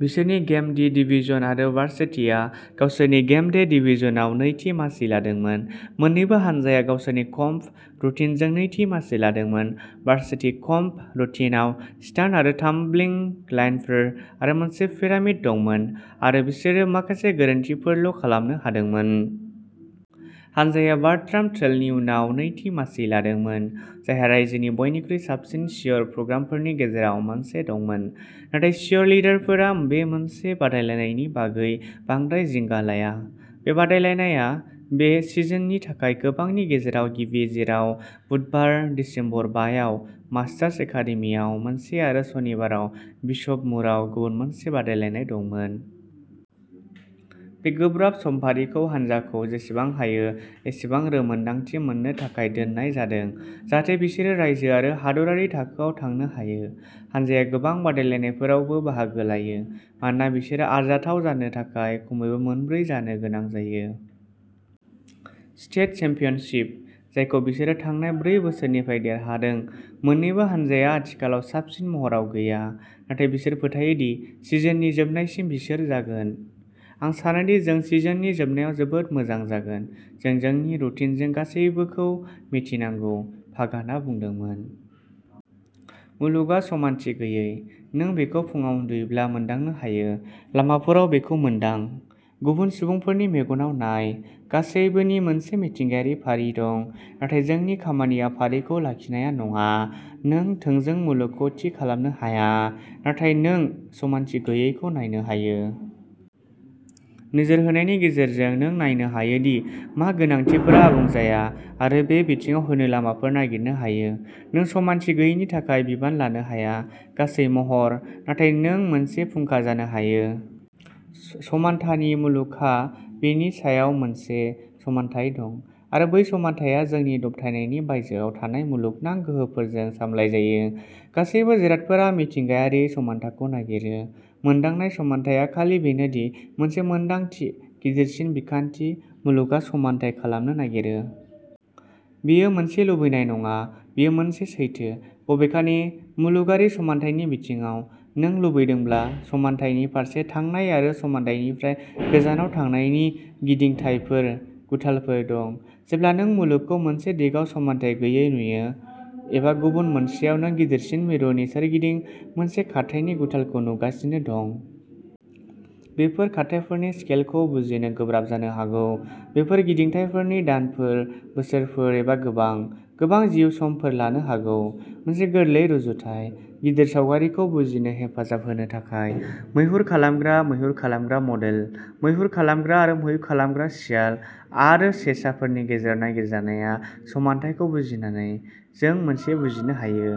बिसोरनि game day division आरो वार्सिटीआ गावसोरनि गेम डे डिभिजनआव नैथि मासि लादोंमोन। मोन्नैबो हानजाया गावसोरनि कम्प. रुटिनजों नैथि मासि लादोंमोन। Varsity comp. रुटिनआव स्टान्ट आरो टाम्बलिं लाइनफोर आरो मोनसे पिरामिड दंमोन, आरो बिसोरो माखासे गोरोन्थिफोरल'खालामनो हादोंमोन। हानजाया बार्ट्राम ट्रेलनि उनाव नैथि मासि लादोंमोन, जायहा रायजोनि बयनिख्रुइ साबसिन चियर प्रग्रामफोरनि गेजेराव मोनसे दंमोन, नाथाय चियरलिडारफोरा बे मोनसे बादायलायनायनि बागै बांद्राय जिंगा लाया। बे बादायलायनाया बे सिजननि थाखाय गोबांनि गेजेराव गिबि, जेराव बुधबार, दिसेम्बर बा आव मास्टार्स एकादेमिआव मोनसे आरो सनिबाराव बिशप मुरआव गुबुन मोनसे बादायलायनाय दंमोन। बे गोब्राब समफारिखौ हान्जाखौ जेसेबां हायो एसेबां रोंमोनदांथि मोननो थाखाय दोननाय जादों, जाहाथे बिसोरो रायजो आरो हादोरारि थाखोआव थांनो हायो। हानजाया गोबां बादायलायनायफोरावबो बाहागो लायो मानोना बिसोरहा आरजाथाव जानो थाखाय खमैबो मोनब्रै जानो गोनां जायो। स्टेट चेम्पियनशिप, जायखौ बिसोरो थांनाय ब्रै बोसोरनिफ्राय देरहादों। मोननैबो हानजाया आथिखालाव साबसिन महराव गैया, नाथाय बिसोर फोथायो दि सिजननि जोबनायसिम बिसोर जागोन। "आं सानोदि जों सिजननि जोबनायाव जोबोद मोजां जागोन, जों जोंनि रुटिनजों गासैबोखौ मिथिनांगौ", पागाना बुंदोंमोन। मुलुगआ समानथि गैयै। नों बेखौ फुंआव उन्दुयोब्ला मोनदांनो हायो। लामाफोराव बेखौ मोनदां। गुबुन सुबुंफोरनि मेगनाव नाय। गासैबोनि मोनसे मिथिंगायारि फारि दं। नाथाय जोंनि खामानिया फारिखौ लाखिनाया नङा। नों थोंजों मुलुगखौ थि खालामनो हाया, नाथाय नों समानथि गैयैखौ नायनो हायो। नोजोर होनायनि गेजेरजों नों नायनो हायो दि मा गोनांथिफोरा आबुं जाया आरो बे बिथिङाव होनो लामाफोर नागिरनो हायो। नों समानथि गैयैनि थाखाय बिबान लानो हाया, गासै महरै, नाथाय नों मोनसे फुंखा जानो हायो। समान्थानि। मुलुगहा बेनि सायाव मोनसे समानथाय दं, आरो बै समान्थाया जोंनि दबथायनायनि बायजोआव थानाय मुलुगनां गोहोफोरजों सामलायजायो। गासैबो जिरादफोरा मिथिंगायारियै समान्थाखौ नागिरो। मोनदांनाय समान्थायआ खालि बेनो दि, मोनसे मोनदांथि। गिदिरसिन बिखान्थि, मुलुगआ समान्थाय खालामनो नागिरो। बेयो मोनसे लुबैनाय नङा; बेयो मोनसे सैथो। बबेखानि, मुलुगारि समान्थायनि बिथिङाव, नों लुबैदोंब्ला, सम्थायनि फारसे थांनाय आरो समान्थायनिफ्राय गोजानाव थांनायनि गिदिंथायफोर, गुथालफोर दं। जेब्ला नों मुलुगखौ मोनसे दिगाव समान्थाय गैयै नुयो एबा गुबुन मोनसेयाव नों गिदिरसिन मिरुनि सोरगिदिं मोनसे खारथायनि गुथालखौ नुगासिनो दं। बेफोर खारथायफोरनि स्केलखौ बुजिनो गोब्राब जानो हागौ। बेफोर गिदिंथायफोरा दानफोर, बोसोरफोर, एबा गोबां, गोबां जिउ समफोर लानो हागौ। मोनसे गोरलै रुजुथाय, गिदिर सावगारिखौ बुजिनो हेफाजाब होनो थाखाय, मैहुर खालामग्रा मैहुर खालामग्रा मडेल। मैहुर खालामग्रा आरो मैहुर खालामग्रा, सियाल आरो सेसाफोरनि गेजेराव नागिरजानाय समान्थायखौ बुजिनानै, जों मोनसे बुजिनो हायो।